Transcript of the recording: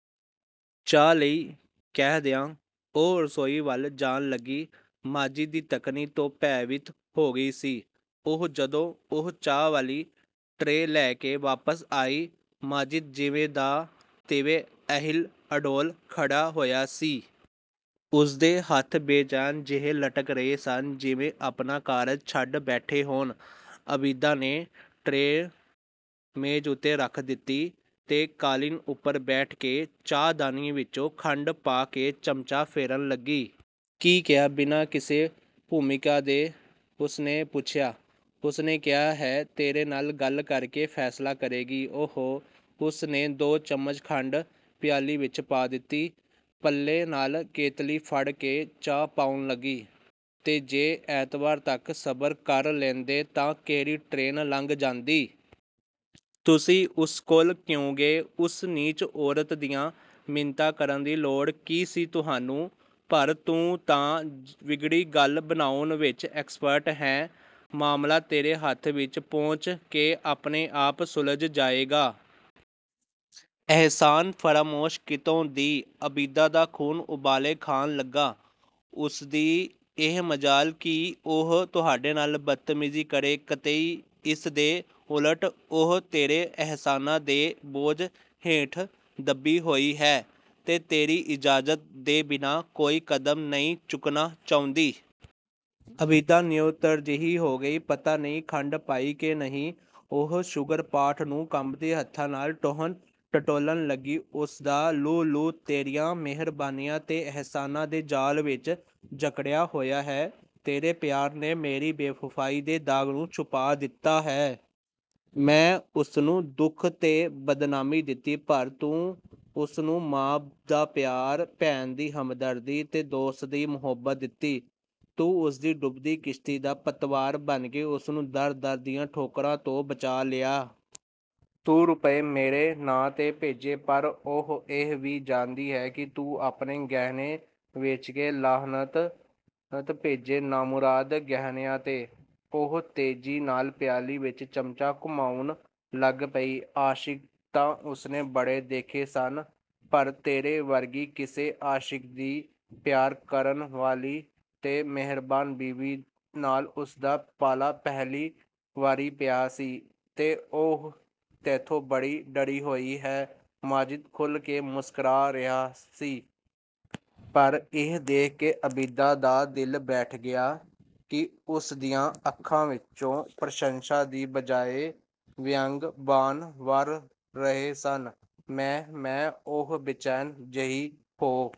"ਚਾਹ ਲਈ ਕਹਿ ਦਿਆਂ," ਉਹ ਰਸੋਈ ਵੱਲ ਜਾਣ ਲੱਗੀ, ਮਾਜਿਦ ਦੀ ਤੱਕਣੀ ਤੋਂ ਭੈਭੀਤ ਹੋ ਗਈ ਸੀ ਉਹ। ਜਦੋਂ ਉਹ ਚਾਹ ਵਾਲੀ ਟਰੇ ਲੈ ਕੇ ਵਾਪਸ ਆਈ, ਮਾਜਿਦ ਜਿਵੇਂ ਦਾ ਤਿਵੇਂ, ਅਹਿਲ-ਅਡੋਲ, ਖੜ੍ਹਾ ਹੋਇਆ ਸੀ। ਉਸਦੇ ਹੱਥ ਬੇਜਾਨ ਜਿਹੇ ਲਟਕ ਰਹੇ ਸਨ ਜਿਵੇਂ ਆਪਣਾ ਕਾਰਜ ਛੱਡ ਬੈਠੇ ਹੋਣ। ਆਬਿਦਾ ਨੇ ਟਰੇ ਮੇਜ਼ ਉੱਤੇ ਰੱਖ ਦਿੱਤੀ ਤੇ ਕਾਲੀਨ ਉੱਪਰ ਬੈਠ ਕੇ ਚਾਹਦਾਨੀ ਵਿੱਚੋਂ ਖੰਡ ਪਾ ਕੇ ਚਮਚਾ ਫੇਰਨ ਲੱਗੀ। "ਕੀ ਕਿਹਾ?" ਬਿਨਾਂ ਕਿਸੇ ਭੂਮਿਕਾ ਦੇ ਉਸਨੇ ਪੁੱਛਿਆ। "ਉਸਨੇ ਕਿਹਾ ਹੈ, ਤੇਰੇ ਨਾਲ ਗੱਲ ਕਰਕੇ ਫੈਸਲਾ ਕਰੇਗੀ।" "ਓ-ਹੋ--" ਉਸਨੇ ਦੋ ਚਮਚ ਖੰਡ ਪਿਆਲੀ ਵਿੱਚ ਪਾ ਦਿੱਤੀ। ਪੱਲੇ ਨਾਲ ਕੇਤਲੀ ਫੜ੍ਹ ਕੇ ਚਾਹ ਪਾਉਣ ਲੱਗੀ, "ਤੇ ਜੇ ਐਤਵਾਰ ਤੱਕ ਸਬਰ ਕਰ ਲੈਂਦੇ ਤਾਂ ਕਿਹੜੀ ਟਰੇਨ ਲੰਘ ਜਾਂਦੀ! ਤੁਸੀਂ ਉਸ ਕੋਲ ਕਿਉਂ ਗਏ? ਉਸ ਨੀਚ ਔਰਤ ਦੀਆਂ ਮਿੰਨਤਾਂ ਕਰਨ ਦੀ ਲੋੜ ਕੀ ਸੀ ਤੁਹਾਨੂੰ?" "ਪਰ ਤੂੰ ਤਾਂ ਵਿਗੜੀ ਗੱਲ ਬਣਾਉਣ ਵਿੱਚ ਐਕਸਪਰਟ ਹੈਂ, ਮਾਮਲਾ ਤੇਰੇ ਹੱਥ ਵਿੱਚ ਪਹੁੰਚ ਕੇ ਆਪਣੇ ਆਪ ਸੁਲਝ ਜਾਏਗਾ।" "ਅਹਿਸਾਨ ਫ਼ਰਾਮੋਸ਼ ਕਿਤੋਂ ਦੀ," ਆਬਿਦਾ ਦਾ ਖ਼ੂਨ ਉਬਾਲੇ ਖਾਣ ਲੱਗਾ, "ਉਸਦੀ ਇਹ ਮਜ਼ਾਲ ਕਿ ਉਹ ਤੁਹਾਡੇ ਨਾਲ ਬਦਤਮੀਜ਼ੀ ਕਰੇ।" "ਕਤਈ ਇਸ ਦੇ ਉਲਟ, ਉਹ ਤੇਰੇ ਅਹਿਸਾਨਾਂ ਦੇ ਬੋਝ ਹੇਠ ਦੱਬੀ ਹੋਈ ਹੈ ਤੇ ਤੇਰੀ ਇਜਾਜ਼ਤ ਦੇ ਬਿਨਾਂ ਕੋਈ ਕਦਮ ਨਹੀਂ ਚੁੱਕਣਾ ਚਾਹੁੰਦੀ।" ਆਬਿਦਾ ਨਿਰਉੱਤਰ ਜਿਹੀ ਹੋ ਗਈ। "ਪਤਾ ਨਹੀਂ ਖੰਡ ਪਾਈ ਕਿ ਨਹੀਂ!" ਉਹ ਸ਼ੂਗਰ-ਪਾਟ ਨੂੰ ਕੰਬਦੇ ਹੱਥਾਂ ਨਾਲ ਟੋਹਣ-ਟਟੋਲਨ ਲੱਗੀ। "ਉਸਦਾ ਲੂੰ-ਲੂੰ ਤੇਰੀਆਂ ਮਿਹਰਬਾਨੀਆਂ ਤੇ ਅਹਿਸਾਨਾਂ ਦੇ ਜਾਲ ਵਿੱਚ ਜਕੜਿਆ ਹੋਇਆ ਹੈ। ਤੇਰੇ ਪਿਆਰ ਨੇ ਮੇਰੀ ਬੇਵਫ਼ਾਈ ਦੇ ਦਾਗ਼ ਨੂੰ ਛੁਪਾ ਦਿੱਤਾ ਹੈ। ਮੈਂ ਉਸਨੂੰ ਦੁੱਖ ਤੇ ਬਦਨਾਮੀ ਦਿੱਤੀ। ਪਰ ਤੂੰ ਉਸਨੂੰ ਮਾਂ ਦਾ ਪਿਆਰ, ਭੈਣ ਦੀ ਹਮਦਰਦੀ ਤੇ ਦੋਸਤ ਦੀ ਮੁਹੱਬਤ ਦਿੱਤੀ। ਤੂੰ ਉਸਦੀ ਡੁੱਬਦੀ ਕਿਸ਼ਤੀ ਦਾ ਪਤਵਾਰ ਬਣ ਕੇ ਉਸਨੂੰ ਦਰ-ਦਰ ਦੀਆਂ ਠੋਕਰਾਂ ਤੋਂ ਬਚਾ ਲਿਆ। ਤੂੰ ਰੁਪਏ ਮੇਰੇ ਨਾਂ 'ਤੇ ਭੇਜੇ, ਪਰ ਉਹ ਇਹ ਵੀ ਜਾਣਦੀ ਹੈ ਕਿ ਤੂੰ ਆਪਣੇ ਗਹਿਣੇ ਵੇਚ ਕੇ--" "ਲਾਹਨਤ ਭੇਜੋ ਨਾਮੁਰਾਦ ਗਹਿਣਿਆਂ 'ਤੇ।" ਉਹ ਤੇਜ਼ੀ ਨਾਲ ਪਿਆਲੀ ਵਿੱਚ ਚਮਚਾ ਘੁਮਾਉਣ ਲੱਗ ਪਈ। "ਆਸ਼ਿਕ ਤਾਂ ਉਸਨੇ ਬੜੇ ਦੇਖੇ ਸਨ, ਪਰ ਤੇਰੇ ਵਰਗੀ ਕਿਸੇ ਆਸ਼ਿਕ ਦੀ ਪਿਆਰ ਕਰਨ ਵਾਲੀ ਤੇ ਮਿਹਰਬਾਨ ਬੀਵੀ ਨਾਲ ਉਸਦਾ ਪਾਲਾ ਪਹਿਲੀ ਵਾਰੀ ਪਿਆ ਸੀ-- ਤੇ ਉਹ ਤੈਥੋਂ ਬੜੀ ਡਰੀ ਹੋਈ ਹੈ," ਮਾਜਿਦ ਖੁੱਲ੍ਹ ਕੇ ਮੁਸਕਰਾ ਰਿਹਾ ਸੀ। ਪਰ ਇਹ ਦੇਖ ਕੇ ਆਬਿਦਾ ਦਾ ਦਿਲ ਬੈਠ ਗਿਆ ਕਿ ਉਸਦੀਆਂ ਅੱਖਾਂ ਵਿੱਚੋਂ ਪ੍ਰਸ਼ੰਸਾ ਦੀ ਬਜਾਏ ਵਿਅੰਗ-ਬਾਣ ਵਰ੍ਹ ਰਹੇ ਸਨ। "ਮੈਂ-ਮੈਂ-" ਉਹ ਬੇਚੈਨ ਜਿਹੀ ਹੋ